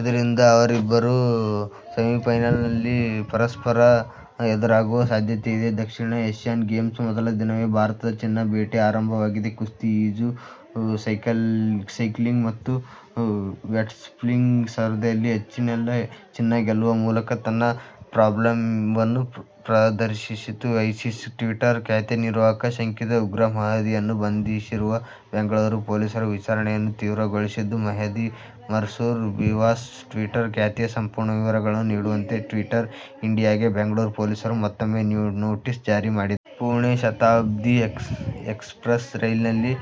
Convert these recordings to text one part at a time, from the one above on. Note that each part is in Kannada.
ಇದರಿಂದಾಗಿ ಅವರಿಬ್ಬರು ಸೆಮಿಫೈನಲ್ನಲ್ಲಿ ಪರಸ್ಪರ ಎದುರಾಗುವ ಸಾಧ್ಯತೆಯಿದೆ. ದಕ್ಷಿಣ ಏಶ್ಯನ್ ಗೇಮ್ಸ್ನ ಮೊದಲ ದಿನವೇ ಭಾರತದ ಚಿನ್ನದ ಬೇಟೆ ಆರಂಭವಾಗಿದೆ. ಕುಸ್ತಿ, ಈಜು, ಸೈಕ್ಲಿಂಗ್ ಮತ್ತು ವೇಟ್ಲಿಫ್ಟಿಂಗ್ ಸ್ಪರ್ಧೆಯಲ್ಲಿ ಹೆಚ್ಚಿನೆಲ್ಲ ಚಿನ್ನ ಗೆಲ್ಲುವ ಮೂಲಕ ತನ್ನ ಪ್ರಾಬಲ್ಯವನ್ನು ಪ್ರದರ್ಶಿಸಿತು. ಐಸಿಸ್ ಟ್ವೀಟರ್ ಖಾತೆ ನಿರ್ವಾಹಕ ಶಂಕಿತ ಉಗ್ರ ಮೆಹದಿಯನ್ನು ಬಂಧಿಸಿರುವ ಬೆಂಗಳೂರು ಪೊಲೀಸರು ವಿಚಾರಣೆಯನ್ನು ತೀವ್ರಗೊಳಿಸಿದ್ದು, ಮೆಹದಿ ಮಸ್ರೂರ್ ಬಿಸ್ವಾಸ್ ಟ್ವೀಟರ್ ಖಾತೆಯ ಸಂಪೂರ್ಣ ವಿವರಗಳನ್ನು ನೀಡುವಂತೆ ಟ್ವೀಟರ್ ಇಂಡಿಯಾಗೆ ಬೆಂಗಳೂರು ಪೊಲೀಸರು ಮತ್ತೊಮ್ಮೆ ನೋಟಿಸ್ ಜಾರಿ ಮಾಡಿದ್ದಾರೆ. ಪುಣೆ ಶತಾಬ್ದಿ ಎಕ್ಸಪ್ರಸ್ ರೈಲಿನಲ್ಲಿ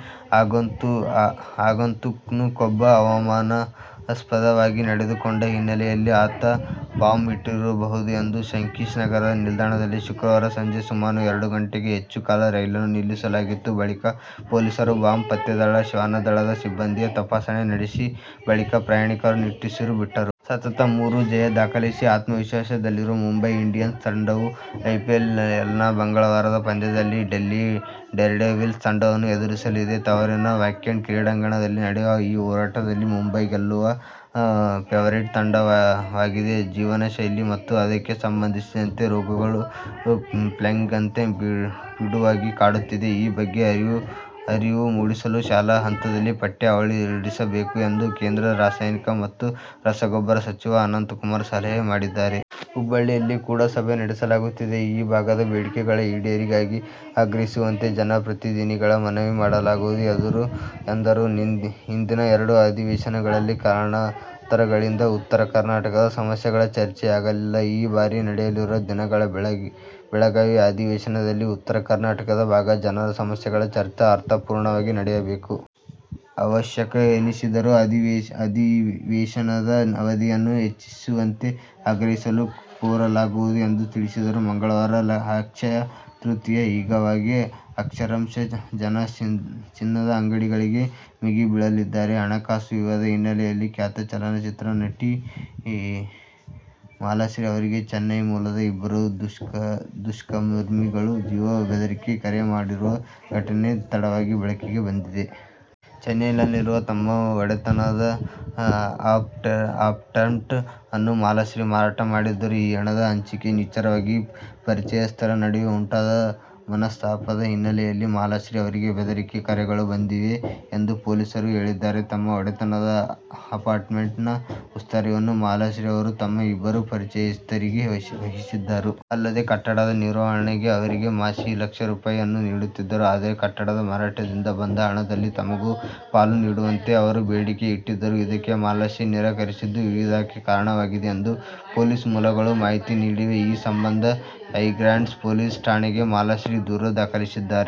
ಆಗಂತುಕನೊಬ್ಬ ಅನುಮಾನಾಸ್ಪದವಾಗಿ ನಡೆದುಕೊಂಡ ಹಿನ್ನೆಲೆಯಲ್ಲಿ ಆತ ಬಾಂಬ್ ಇಟ್ಟಿರಬಹುದು ಎಂದು ಶಂಕಿಸಿ ನಗರದ ನಿಲ್ದಾಣದಲ್ಲಿ ಶುಕ್ರವಾರ ಸಂಜೆ ಸುಮಾರು ಎರಡು ಗಂಟೆಗೂ ಹೆಚ್ಚು ಕಾಲ ರೈಲನ್ನು ನಿಲ್ಲಿಸಲಾಗಿತ್ತು. ಬಳಿಕ, ಪೊಲೀಸರು, ಬಾಂಬ್ ಪತ್ತೆ ದಳ, ಶ್ವಾನ ದಳದ ಸಿಬ್ಬಂದಿ ತಪಾಸಣೆ ನಡೆಸಿದ ಬಳಿಕ ಪ್ರಯಾಣಿಕರು ನಿಟ್ಟುಸಿರು ಬಿಟ್ಟರು. ಸತತ ಮೂರು ಜಯ ದಾಖಲಿಸಿ ಆತ್ಮವಿಶ್ವಾಸದಲ್ಲಿರುವ ಮುಂಬೈ ಇಂಡಿಯನ್ಸ್ ತಂಡವು ಐಪಿಎಲ್ನ ಮಂಗಳವಾರದ ಪಂದ್ಯದಲ್ಲಿ ಡೆಲ್ಲಿ ಡೇರ್ಡೆವಿಲ್ಸ್ ತಂಡವನ್ನು ಎದುರಿಸಲಿದೆ. ತವರಿನ ವಾಂಖೇಡೆ ಕ್ರೀಡಾಂಗಣದಲ್ಲಿ ನಡೆಯುವ ಈ ಹೋರಾಟದಲ್ಲಿ ಮುಂಬೈ ಗೆಲ್ಲುವ ಫೇವರಿಟ್ ತಂಡವಾಗಿದೆ. ಜೀವನಶೈಲಿ ಮತ್ತು ಅದಕ್ಕೆ ಸಂಬಂಧಿಸಿದ ರೋಗಗಳು ಪ್ಲೇಗ್ನಂತೆ ಪಿಡುಗಾಗಿ ಕಾಡುತ್ತಿದ್ದು, ಈ ಬಗ್ಗೆ ಅರಿವು ಮೂಡಿಸಲು ಶಾಲಾ ಹಂತದಲ್ಲಿ ಪಠ್ಯ ಅಳವಡಿಸಬೇಕು ಎಂದು ಕೇಂದ್ರ ರಾಸಾಯನಿಕ ಮತ್ತು ರಸಗೊಬ್ಬರ ಸಚಿವ ಅನಂತಕುಮಾರ್ ಸಲಹೆ ಮಾಡಿದ್ದಾರೆ. ಹುಬ್ಬಳ್ಳಿಯಲ್ಲಿ ಕೂಡ ಸಭೆ ನಡೆಸಲಾಗುತ್ತಿದೆ. ಈ ಭಾಗದ ಬೇಡಿಕೆಗಳ ಈಡೇರಿಕೆಗಾಗಿ ಆಗ್ರಹಿಸುವಂತೆ ಜನಪ್ರತಿನಿಧಿಗಳಲ್ಲಿ ಮನವಿ ಮಾಡಲಾಗುವುದು ಎಂದರು. ಹಿಂದಿನ ಎರಡು ಅಧಿವೇಶನಗಳಲ್ಲಿ ಕಾರಣಾಂತರಗಳಿಂದ ಉತ್ತರ ಕರ್ನಾಟಕದ ಸಮಸ್ಯೆಗಳ ಚರ್ಚೆಯಾಗಲಿಲ್ಲ. ಈ ಬಾರಿ ನಡೆಯಲಿರುವ ದಿನಗಳ ಬೆಳಗಾವಿ ಅಧಿವೇಶನದಲ್ಲಿ ಉತ್ತರ ಕರ್ನಾಟಕ ಭಾಗದ ಜನರ ಸಮಸ್ಯೆಗಳ ಚರ್ಚೆ ಅರ್ಥಪೂರ್ಣವಾಗಿ ನಡೆಯಬೇಕು. ಅವಶ್ಯಕ ಎನಿಸಿದರೆ ಅಧಿವೇಶನದ ಅವಧಿಯನ್ನು ಹೆಚ್ಚಿಸುವಂತೆ ಆಗ್ರಹಿಸಲು ಕೋರಲಾಗುವುದು ಎಂದು ತಿಳಿಸಿದರು. ಮಂಗಳವಾರ ಅಕ್ಷಯ ತೃತೀಯ. ಹೀಗಾಗಿ ಅಕ್ಷರಶಃ ಜನ ಚಿನ್ನದ ಅಂಗಡಿಗಳಿಗೆ ಮುಗಿಬೀಳಲಿದ್ದಾರೆ. ಹಣಕಾಸು ವಿವಾದ ಹಿನ್ನೆಲೆಯಲ್ಲಿ ಖ್ಯಾತ ಚಲನಚಿತ್ರ ನಟಿ ಮಾಲಾಶ್ರೀ ಅವರಿಗೆ ಚೆನ್ನೈ ಮೂಲದ ಇಬ್ಬರು ದುಷ್ಕರ್ಮಿಗಳು ಜೀವ ಬೆದರಿಕೆ ಕರೆ ಮಾಡಿರುವ ಘಟನೆ ತಡವಾಗಿ ಬೆಳಕಿಗೆ ಬಂದಿದೆ. ಚೆನ್ನೈನಲ್ಲಿರುವ ತಮ್ಮ ಒಡೆತನದ ಅಪಾರ್ಟ್ಮೆಂಟ್ ಅನ್ನು ಮಾಲಾಶ್ರೀ ಮಾರಾಟ ಮಾಡಿದ್ದರು. ಈ ಹಣದ ಹಂಚಿಕೆ ವಿಚಾರವಾಗಿ ಪರಿಚಯಸ್ಥರ ನಡುವೆ ಉಂಟಾದ ಮನಸ್ತಾಪದ ಹಿನ್ನೆಲೆಯಲ್ಲಿ ಮಾಲಾಶ್ರೀ ಅವರಿಗೆ ಬೆದರಿಕೆ ಕರೆಗಳು ಬಂದಿವೆ ಎಂದು ಪೊಲೀಸರು ಹೇಳಿದ್ದಾರೆ. ತಮ್ಮ ಒಡೆತನದ ಅಪಾರ್ಟ್ಮೆಂಟ್ನ ಉಸ್ತುವಾರಿಯನ್ನು ಮಾಲಾಶ್ರೀ ಅವರು ತಮ್ಮ ಇಬ್ಬರು ಪರಿಚಯಸ್ಥರಿಗೆ ವಹಿಸಿದ್ದರು. ಅಲ್ಲದೆ, ಕಟ್ಟಡದ ನಿರ್ವಹಣೆಗೆ ಅವರಿಗೆ ಮಾಸಿಕ ಲಕ್ಷ ರೂ. ಅನ್ನು ನೀಡುತ್ತಿದ್ದರು. ಆದರೆ ಕಟ್ಟಡದ ಮಾರಾಟದಿಂದ ಬಂದ ಹಣದಲ್ಲಿ ತಮಗೂ ಪಾಲು ನೀಡುವಂತೆ ಅವರು ಬೇಡಿಕೆ ಇಟ್ಟಿದ್ದರು. ಇದಕ್ಕೆ ಮಾಲಾಶ್ರೀ ನಿರಾಕರಿಸಿದ್ದು ವಿವಾದಕ್ಕೆ ಕಾರಣವಾಗಿದೆ ಎಂದು ಪೊಲೀಸ್ ಮೂಲಗಳು ಮಾಹಿತಿ ನೀಡಿವೆ. ಈ ಸಂಬಂಧ ಹೈಗ್ರೌಂಡ್ಸ್ ಪೊಲೀಸ್ ಠಾಣೆಗೆ ಮಾಲಾಶ್ರೀ ದೂರು ದಾಖಲಿಸಿದ್ದಾರೆ.